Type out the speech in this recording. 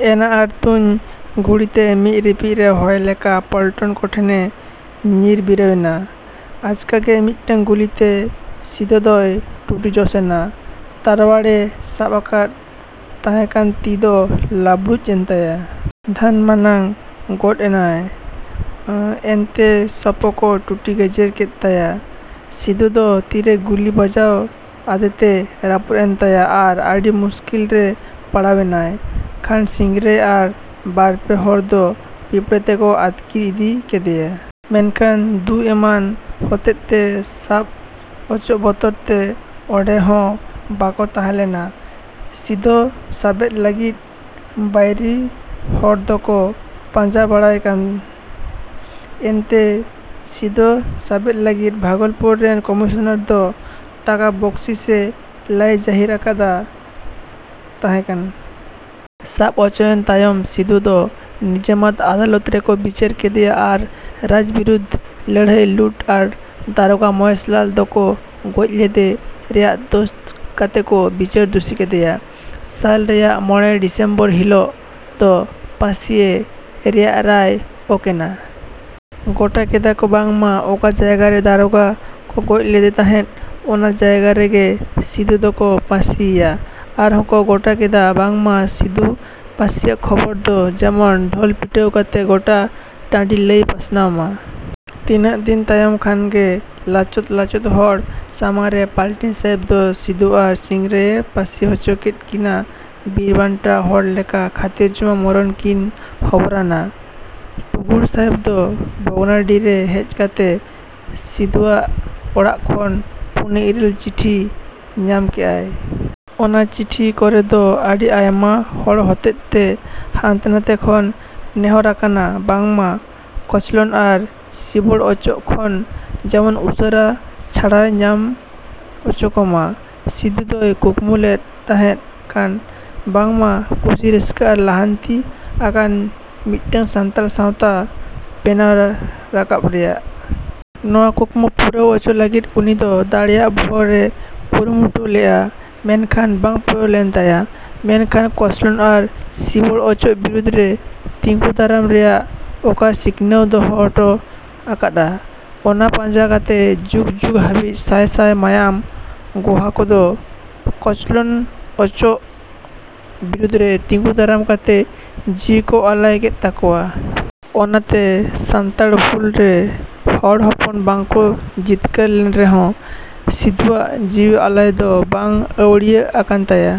ᱮᱱᱟ ᱟᱨ ᱴᱩᱧ ᱜᱷᱩᱲᱤᱛᱮ ᱢᱤᱫ ᱨᱤᱯᱤᱫ ᱨᱮ ᱦᱚᱭ ᱞᱮᱠᱟ ᱯᱟᱞᱴᱚᱱ ᱠᱚ ᱴᱷᱮᱱ ᱮ ᱧᱤᱨ ᱵᱤᱨᱟᱹᱣᱮᱱᱟ᱾ ᱟᱪᱠᱟ ᱜᱮ ᱢᱤᱫᱴᱟᱝ ᱜᱩᱞᱤᱛᱮ ᱥᱤᱫᱚ ᱫᱚᱭ ᱴᱩᱴᱤ ᱡᱚᱥ ᱮᱱᱟ᱾ ᱛᱟᱨᱣᱟᱲᱮᱭ ᱥᱟᱵ ᱟᱠᱟᱫ ᱛᱟᱦᱮᱸ ᱠᱟᱱ ᱛᱤ ᱫᱚ ᱞᱟᱹᱵᱽᱲᱩᱡ ᱮᱱ ᱛᱟᱭᱟ᱾ ᱫᱷᱟᱱ ᱢᱟᱱᱟᱶ ᱜᱚᱫ ᱮᱱᱟᱭ ᱮᱱᱛᱮ ᱥᱳᱯᱳ ᱠᱚ ᱴᱩᱴᱤ ᱜᱮᱡᱮᱨ ᱠᱮᱫ ᱛᱟᱭᱟ᱾ ᱥᱤᱫᱚ ᱫᱚ ᱛᱤᱨᱮ ᱜᱩᱞᱤ ᱵᱟᱡᱟᱣ ᱟᱫᱮᱛᱮ ᱨᱟᱹᱯᱩᱫ ᱮᱱ ᱛᱟᱭᱟ ᱟᱨ ᱟᱹᱰᱤ ᱢᱩᱥᱠᱤᱞ ᱨᱮᱭ ᱯᱟᱲᱟᱣ ᱮᱱᱟ᱾ ᱠᱷᱟᱱ ᱥᱤᱝᱨᱟᱹᱭ ᱟᱨ ᱵᱟᱨ ᱯᱮ ᱦᱚᱲ ᱫᱚ ᱯᱤᱯᱲᱟᱹ ᱛᱮᱠᱚ ᱟᱹᱛᱠᱤᱨ ᱤᱫᱤ ᱠᱮᱫᱮᱭᱟ᱾ ᱢᱮᱱᱠᱷᱟᱱ ᱫᱤᱩ ᱮᱢᱟᱱ ᱦᱚᱛᱮᱛᱮ ᱥᱟᱵ ᱚᱪᱚᱜ ᱵᱚᱛᱚᱨ ᱛᱮ ᱚᱸᱰᱮ ᱦᱚᱸ ᱵᱟᱠᱚ ᱛᱟᱦᱮᱸ ᱞᱮᱱᱟ᱾ ᱥᱤᱫᱚ ᱥᱟᱵᱮ ᱞᱟᱹᱜᱤᱫ ᱵᱟᱹᱭᱨᱤ ᱦᱚᱲ ᱫᱚᱠᱚ ᱯᱟᱸᱡᱟ ᱵᱟᱲᱟᱭᱮ ᱛᱟᱦᱮᱸ ᱠᱟᱱᱟ᱾ ᱮᱱᱛᱮ ᱥᱤᱫᱚ ᱥᱟᱵᱮ ᱞᱟᱹᱜᱤᱫ ᱵᱷᱟᱜᱚᱞᱯᱩᱨ ᱨᱮᱱ ᱠᱚᱢᱤᱥᱚᱱᱟᱨ ᱫᱚ ᱴᱟᱠᱟ ᱵᱟᱹᱠᱥᱤᱥ ᱮ ᱞᱟᱹᱭ ᱡᱟᱹᱦᱤᱨ ᱟᱠᱟᱫ ᱛᱟᱦᱮᱸ ᱠᱟᱱᱟ᱾ ᱥᱟᱵ ᱚᱪᱚᱭᱮᱱ ᱛᱟᱭᱚᱢ ᱥᱤᱫᱚ ᱫᱚ ᱱᱤᱡᱟᱢᱟᱛ ᱟᱫᱟᱞᱚᱛ ᱨᱮᱠᱚ ᱵᱤᱪᱟᱹᱨ ᱠᱮᱫᱮᱭᱟ ᱟᱨ ᱨᱟᱡᱽ ᱵᱤᱨᱩᱫᱽ ᱞᱟᱹᱲᱦᱟᱹᱭ ᱞᱩᱴ ᱟᱨ ᱫᱟᱨᱚᱜᱟ ᱢᱚᱦᱮᱥᱞᱟᱞ ᱫᱚᱠᱚ ᱜᱚᱡ ᱞᱮᱫᱮ ᱨᱮᱭᱟᱜ ᱫᱳᱥ ᱠᱟᱛᱮ ᱠᱚ ᱵᱤᱪᱟᱹᱨ ᱫᱩᱥᱤ ᱠᱮᱫᱮᱭᱟ᱾ ᱥᱟᱞ ᱨᱮᱭᱟᱜ ᱢᱚᱲᱮ ᱰᱤᱥᱮᱢᱵᱚᱨ ᱦᱤᱞᱚᱜ ᱫᱚ ᱯᱟᱹᱥᱤ ᱮ ᱨᱮᱭᱟᱜ ᱨᱟᱭ ᱚᱠ ᱮᱱᱟ᱾ ᱜᱚᱴᱟ ᱠᱮᱫ-ᱟ ᱠᱚ ᱵᱟᱝᱢᱟ ᱚᱠᱟ ᱡᱟᱭᱜᱟ ᱨᱮ ᱫᱟᱨᱚᱜᱟ ᱠᱚ ᱜᱚᱡ ᱞᱮᱫᱮ ᱛᱟᱦᱮᱸᱫ ᱚᱱᱟ ᱡᱟᱭᱜᱟ ᱨᱮᱜᱮ ᱥᱤᱫᱚ ᱫᱚᱠᱚ ᱯᱟᱹᱥᱤ ᱮᱭᱟ᱾ ᱟᱨ ᱦᱚᱸᱠᱚ ᱜᱚᱴᱟ ᱠᱮᱫ-ᱟ ᱵᱟᱝᱢᱟ ᱥᱤᱫᱚ ᱯᱟᱹᱥᱤᱭᱮ ᱠᱷᱚᱵᱚᱨ ᱫᱚ ᱡᱮᱢᱚᱱ ᱰᱷᱳᱞ ᱯᱤᱴᱟᱹᱣ ᱠᱟᱛᱮ ᱜᱚᱴᱟ ᱴᱟ:ᱰᱤ ᱞᱟᱹᱭ ᱯᱟᱥᱱᱟᱣ ᱢᱟ᱾ ᱛᱤᱱᱟᱹᱝ ᱫᱤᱱ ᱛᱟᱭᱚᱢ ᱠᱷᱟᱱ ᱜᱮ ᱞᱚᱪᱚᱫ ᱞᱚᱪᱚᱫ ᱦᱚᱲ ᱥᱟᱢᱟᱝ ᱨᱮ ᱯᱟᱹᱞᱴᱤᱱ ᱥᱟᱦᱮᱵᱽ ᱫᱚ ᱥᱤᱫᱚ ᱟᱨ ᱥᱤᱝᱨᱟᱹᱭ ᱮ ᱯᱟᱹᱥᱤ ᱚᱪᱚ ᱠᱮᱫ ᱠᱤᱱᱟ ᱵᱤᱨᱵᱽᱟᱱᱴᱟ ᱦᱚᱲ ᱞᱮᱠᱟ ᱠᱷᱟᱹᱛᱤᱨᱡᱚᱢᱟ ᱢᱚᱨᱚᱱ ᱠᱤᱱ ᱦᱚᱵᱚᱨᱟᱱᱟ᱾ ᱴᱩᱜᱩᱰ ᱥᱟᱦᱮᱵᱽ ᱫᱚ ᱵᱷᱚᱜᱽᱱᱟᱰᱤ ᱨᱮ ᱦᱮᱡ ᱠᱟᱛᱮ ᱥᱤᱫᱚᱣᱟᱜ ᱚᱲᱟᱜ ᱠᱷᱚᱱ ᱯᱩᱝᱜᱮ ᱤᱨᱟᱹᱞ ᱜᱚᱴᱟᱝ ᱪᱤᱴᱷᱤᱭ ᱧᱟᱢ ᱠᱮᱫ-ᱟ᱾ ᱚᱱᱟ ᱠᱚ ᱪᱤᱴᱷᱤ ᱠᱚᱨᱮ ᱫᱚ ᱟᱹᱰᱤ ᱟᱭᱢᱟ ᱦᱚᱲ ᱦᱚᱛᱮᱛᱮ ᱦᱟᱱᱛᱮ ᱱᱷᱟᱛᱮ ᱠᱷᱚᱱ ᱱᱮᱦᱚᱸᱨ ᱟᱠᱟᱱᱟ ᱵᱟᱝ ᱢᱟ ᱠᱚᱪᱞᱚᱱ ᱟᱨ ᱥᱤᱵᱚᱲ ᱚᱪᱚᱜ ᱠᱷᱚᱱ ᱡᱮᱢᱚᱱ ᱩᱥᱟᱹᱨᱟ ᱪᱷᱟᱰᱟᱣᱮ ᱧᱟᱢ ᱚᱪᱚ ᱠᱚ ᱢᱟ᱾ ᱥᱤᱫᱚ ᱫᱚᱭ ᱠᱩᱠᱢᱩ ᱞᱮᱫ ᱛᱟᱦᱮᱸ ᱠᱟᱱᱟ ᱵᱟᱝ ᱢᱟ ᱠᱩᱥᱤ ᱨᱟᱹᱥᱠᱟᱹ ᱟᱨ ᱞᱟᱦᱟᱱᱛᱤ ᱟᱠᱟᱱ ᱢᱤᱫᱴᱟᱝ ᱥᱟᱱᱛᱟᱲ ᱥᱟᱶᱛᱟ ᱵᱮᱱᱟᱣ ᱨᱟᱠᱟᱵ ᱨᱮᱭᱟᱜ᱾ ᱱᱚᱶᱟ ᱠᱩᱠᱢᱩ ᱯᱩᱨᱟᱹᱣ ᱚᱪᱚᱭ ᱞᱟᱹᱜᱤᱫ ᱩᱱᱤ ᱫᱚ ᱫᱟᱲᱮᱭᱟᱜ ᱵᱷᱳᱨ ᱮ ᱠᱩᱨᱩᱢᱩᱴᱩ ᱞᱮᱫ-ᱟ᱾ ᱢᱮᱱᱠᱷᱟᱱ ᱵᱟᱝ ᱯᱩᱨᱟᱹᱣ ᱞᱮᱱ ᱛᱟᱭᱟ ᱾ᱢᱮᱱᱠᱷᱟᱱ ᱠᱚᱪᱚᱞᱚᱱ ᱟᱨ ᱥᱤᱵᱚᱲ ᱚᱪᱚᱜ ᱵᱤᱨᱩᱫᱽᱨᱮ ᱛᱤᱸᱜᱩ ᱫᱟᱨᱟᱢ ᱨᱮᱭᱟᱜ ᱚᱠᱟ ᱥᱤᱠᱷᱟᱹᱣᱱᱟᱜ ᱫᱚᱦᱚ ᱚᱴᱚ ᱟᱠᱟᱫ-ᱟ ᱚᱱᱟ ᱯᱟᱸᱡᱟ ᱠᱟᱛᱮ ᱡᱩᱜᱽ ᱡᱩᱜᱽ ᱦᱟᱹᱵᱤᱡ ᱥᱟᱹᱭ ᱥᱟᱹᱭ ᱢᱟᱭᱟᱢ ᱜᱚᱦᱟᱠᱚ ᱫᱚ ᱠᱚᱪᱞᱚᱱ ᱚᱪᱚᱜ ᱵᱤᱨᱩᱫᱽ ᱨᱮ ᱛᱤᱸᱜᱩ ᱫᱟᱨᱟᱢ ᱠᱟᱛᱮ ᱡᱤᱣᱤ ᱠᱚ ᱟᱞᱟᱭ ᱠᱮᱫ ᱛᱟᱠᱚᱣᱟ᱾ ᱚᱱᱟᱛᱮ ᱥᱟᱱᱛᱟᱲ ᱦᱩᱞ ᱨᱮ ᱦᱚᱲ ᱦᱚᱯᱚᱱ ᱵᱟᱠᱚ ᱡᱤᱛᱠᱟᱹᱨ ᱞᱮᱱ ᱨᱮᱦᱚᱸ ᱥᱤᱫᱚᱣᱟᱜ ᱡᱤᱣᱤ ᱟᱞᱟᱭ ᱫᱚ ᱵᱟᱝ ᱟᱹᱣᱲᱤᱭᱟᱜ ᱟᱠᱟᱱ ᱛᱟᱭᱟ᱾।